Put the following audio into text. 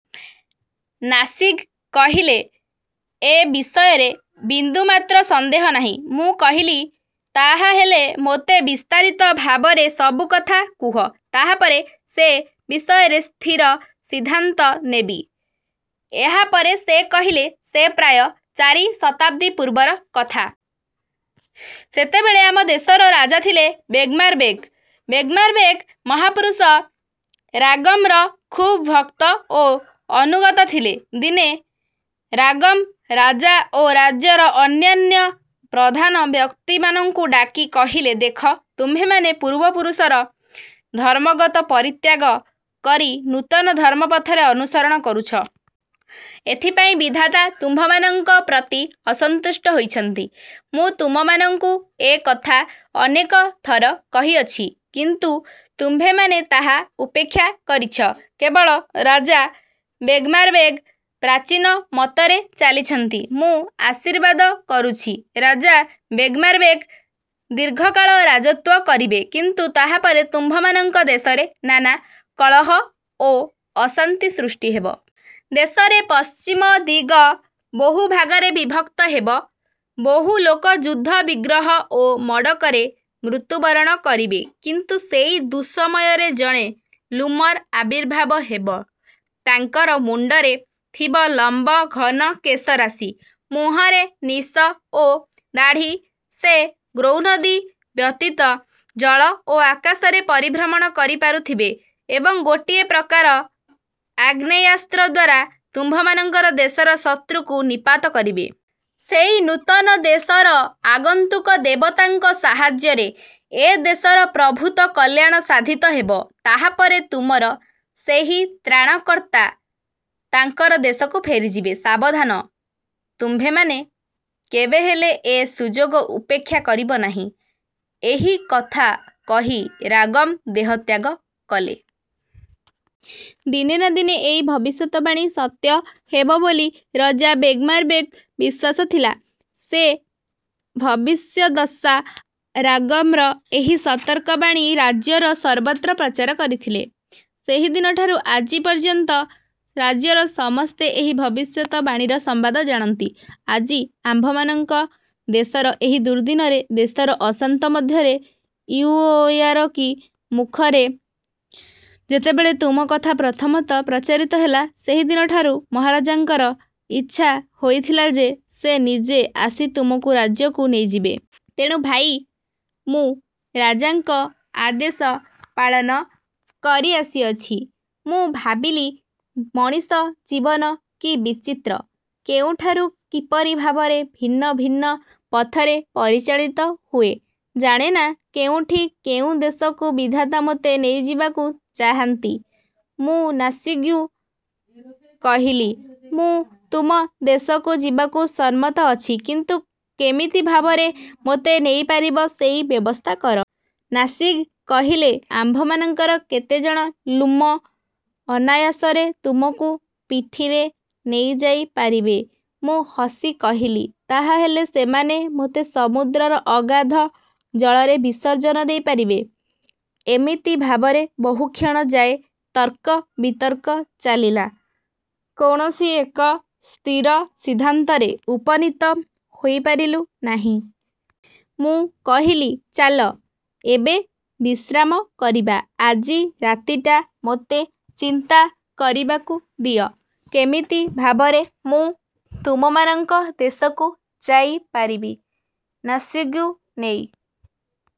' ନାସିଗ୍ କହିଲେ, ଏ ବିଷୟରେ ବିନ୍ଦୁମାତ୍ର ସନ୍ଦେହ ନାହିଁ। ମୁଁ କହିଲି, ''ତାହାହେଲେ ମୋତେ ବିସ୍ତାରିତ ଭାବରେ ସବୁ କଥା କୁହ, ତାହାପରେ ସେ ବିଷୟରେ ସ୍ଥିର ସିଦ୍ଧାନ୍ତ ନେବି। '' ଏହାପରେ ସେ କହିଲେ 'ସେ ପ୍ରାୟ ଚାରି ଶତାବ୍ଦୀ ପୂର୍ବର କଥା। ସେତେବେଳେ ଆମ ଦେଶର ରାଜା ଥିଲେ ବେଗ୍ମାରବେକ୍। ବେଗ୍ମାରବେକ୍ ମହାପୁରୁଷ ରାଗମ୍ର ଖୁବ୍ ଭକ୍ତ ଓ ଅନୁଗତ ଥିଲେ। ଦିନେ ରାଗମ୍ ରାଜା ଓ ରାଜ୍ୟର ଅନ୍ୟାନ୍ୟ ପ୍ରଧାନ ବ୍ୟକ୍ତିମାନଙ୍କୁ ଡାକି କହିଲେ, ଦେଖ, ତୁମ୍ଭେମାନେ ପୂର୍ବପୁରୁଷର ଧର୍ମମତ ପରିତ୍ୟାଗ କରି ନୂତନ ଧର୍ମପଥରେ ଅନୁସରଣ କରୁଛ। ଏଥିପାଇଁ ବିଧାତା ତୁମ୍ଭମାନଙ୍କ ପ୍ରତି ଅସନ୍ତୁଷ୍ଟ ହୋଇଛନ୍ତି। ମୁଁ ତୁମମାନଙ୍କୁ ଏ କଥା ଅନେକ ଥର କହିଅଛି। କିନ୍ତୁ ତୁମ୍ଭେମାନେ ତାହା ଉପେକ୍ଷା କରିଛ। କେବଳ ରାଜା ବେଗ୍ମାରବେକ୍ ପ୍ରାଚୀନ ମତରେ ଚାଲିଛନ୍ତି। ମୁଁ ଆଶୀର୍ବାଦ କରୁଛି, ରାଜା ବେଗ୍ମାରବେକ୍ ଦୀର୍ଘକାଳ ରାଜତ୍ୱ କରିବେ। କିନ୍ତୁ ତାହାପରେ ତୁମ୍ଭମାନଙ୍କ ଦେଶରେ ନାନା କଳହ ଓ ଅଶାନ୍ତି ସୃଷ୍ଟି ହେବ। ଦେଶରେ ପଶ୍ଚିମ ଦିଗ ବହୁଭାଗରେ ବିଭକ୍ତ ହେବ, ବହୁ ଲୋକ ଯୁଦ୍ଧ ବିଗ୍ରହ ଓ ମଡ଼କରେ ମୃତ୍ୟୁବରଣ କରିବେ। କିନ୍ତୁ ସେଇ ଦୁଃସମୟରେ ଜଣେ ଲ୍ଲୁମର ଆବିର୍ଭାବ ହେବ। ତାଙ୍କର ମୁଣ୍ଡରେ ଥିବ ଲମ୍ବ ଘନ କେଶରାଶି, ମୁହଁରେ ନିଶ ଓ ଦାଢ଼ି,-ସେ ଗ୍ରୌନଦି ବ୍ୟତୀତ ଜଳ ଓ ଆକାଶରେ ପରିଭ୍ରମଣ କରିପାରୁଥିବେ ଏବଂ ଗୋଟିଏ ପ୍ରକାର ଆଗ୍ନେୟାସ୍ତ୍ରଦ୍ୱାରା ତୁମ୍ଭମାନଙ୍କର ଦେଶର ଶତ୍ରୁକୁ ନିପାତ କରିବେ। ସେଇ ନୂତନ ଦେଶର ଆଗନ୍ତୁକ ଦେବତାଙ୍କ ସାହାଯ୍ୟରେ ଏ ଦେଶର ପ୍ରଭୂତ କଲ୍ୟାଣ ସାଧିତ ହେବ। ତାହାପରେ ତୁମର ସେହି ତ୍ରାଣକର୍ତ୍ତା ତାଙ୍କର ଦେଶକୁ ଫେରିଯିବେ। ସାବଧାନ, ତୁମ୍ଭେମାନେ କେବେହେଲେ ଏ ସୁଯୋଗ ଉପେକ୍ଷା କରିବ ନାହିଁ। ଏହି କଥା କହି ରାଗମ୍ ଦେହତ୍ୟାଗ କଲେ। ''ଦିନେ ନା ଦିନେ ଏଇ ଭବିଷ୍ୟତବାଣୀ ସତ୍ୟ ହେବ ବୋଲି ରଜା ବେଗ୍ମାରବେକ୍ଙ୍କ ବିଶ୍ୱାସ ଥିଲା, ସେ ଭବିଷ୍ୟଦ୍ଦଶା, ରାଗମ୍ର ଏହି ସତର୍କ ବାଣୀ ରାଜ୍ୟର ସର୍ବତ୍ର ପ୍ରଚାର କରିଥିଲେ-। ସେହିଦିନଠାରୁ ଆଜି ପର୍ଯ୍ୟନ୍ତ ରାଜ୍ୟର ସମସ୍ତେ ଏହି ଭବିଷ୍ୟତ ବାଣୀର ସମ୍ବାଦ ଜାଣନ୍ତି। ଆଜି ଆମ୍ଭମାନଙ୍କ ଦେଶର ଏହି ଦୁର୍ଦ୍ଦିନରେ, ଦେଶର ଅଶାନ୍ତ ମଧ୍ୟରେ ଇଉଓୟାରକି ମୁଖରେ ଯେତେବେଳେ ତୁମ କଥା ପ୍ରଥମତଃ ପ୍ରଚାରିତ ହେଲା, ସେହିଦିନଠାରୁ ମହାରାଜାଙ୍କର ଇଚ୍ଛା ହୋଇଥିଲା ଯେ, ସେ ନିଜେ ଆସି ତୁମକୁ ରାଜ୍ୟକୁ ନେଇଯିବେ। ତେଣୁ ଭାଇ, ମୁଁ ରାଜାଙ୍କ ଆଦେଶ ପାଳନ କରିଆସିଅଛି। '' ମୁଁ ଭାବିଲି, ମଣିଷ ଜୀବନ କି ବିଚିତ୍ର, କେଉଁଠାରୁ କିପରି ଭାବରେ ଭିନ୍ନ ଭିନ୍ନ ପଥରେ ପରିଚାଳିତ ହୁଏ। ଜାଣେନା କେଉଁଠି କେଉଁ ଦେଶକୁ ବିଧାତା ମୋତେ ନେଇଯିବାକୁ ଚାହାନ୍ତି। ମୁଁ ନାସିଗ୍କୁ କହିଲି, ମୁଁ ତୁମ ଦେଶକୁ ଯିବାକୁ ସମ୍ମତ ଅଛି, କିନ୍ତୁ କେମିତି ଭାବରେ ମୋତେ ନେଇପାରିବ ସେଇ ବ୍ୟବସ୍ଥା କର। ନାସିଗ୍ କହିଲେ,-ଆମ୍ଭମାନଙ୍କର କେତେଜଣ ଲ୍ଲୁମ ଅନାୟାସରେ ତୁମକୁ ପିଠିରେ ନେଇଯାଇପାରିବେ। ମୁଁ ହସି କହିଲି, ''ତାହାହେଲେ ସେମାନେ ମୋତେ ସମୁଦ୍ରର ଅଗାଧ ଜଳରେ ବିସର୍ଜନ ଦେଇପାରିବେ। '' ଏମିତି ଭାବରେ ବହୁକ୍ଷଣ ଯାଏ ତର୍କ ବିତର୍କ ଚାଲିଲା। କୌଣସି ଏକ ସ୍ଥିର ସିଦ୍ଧାନ୍ତରେ ଉପନୀତ ହୋଇପାରିଲୁ ନାହିଁ। ମୁଁ କହିଲି-''ଚାଲ, ଏବେ ବିଶ୍ରାମ କରିବା। ଆଜି ରାତିଟା ମୋତେ ଚିନ୍ତା କରିବାକୁ ଦିଅ, କେମିତି ଭାବରେ ମୁଁ ତୁମମାନଙ୍କ ଦେଶକୁ ଯାଇ ପାରିବି। '' ନାସିଗ୍କୁ ନେଇ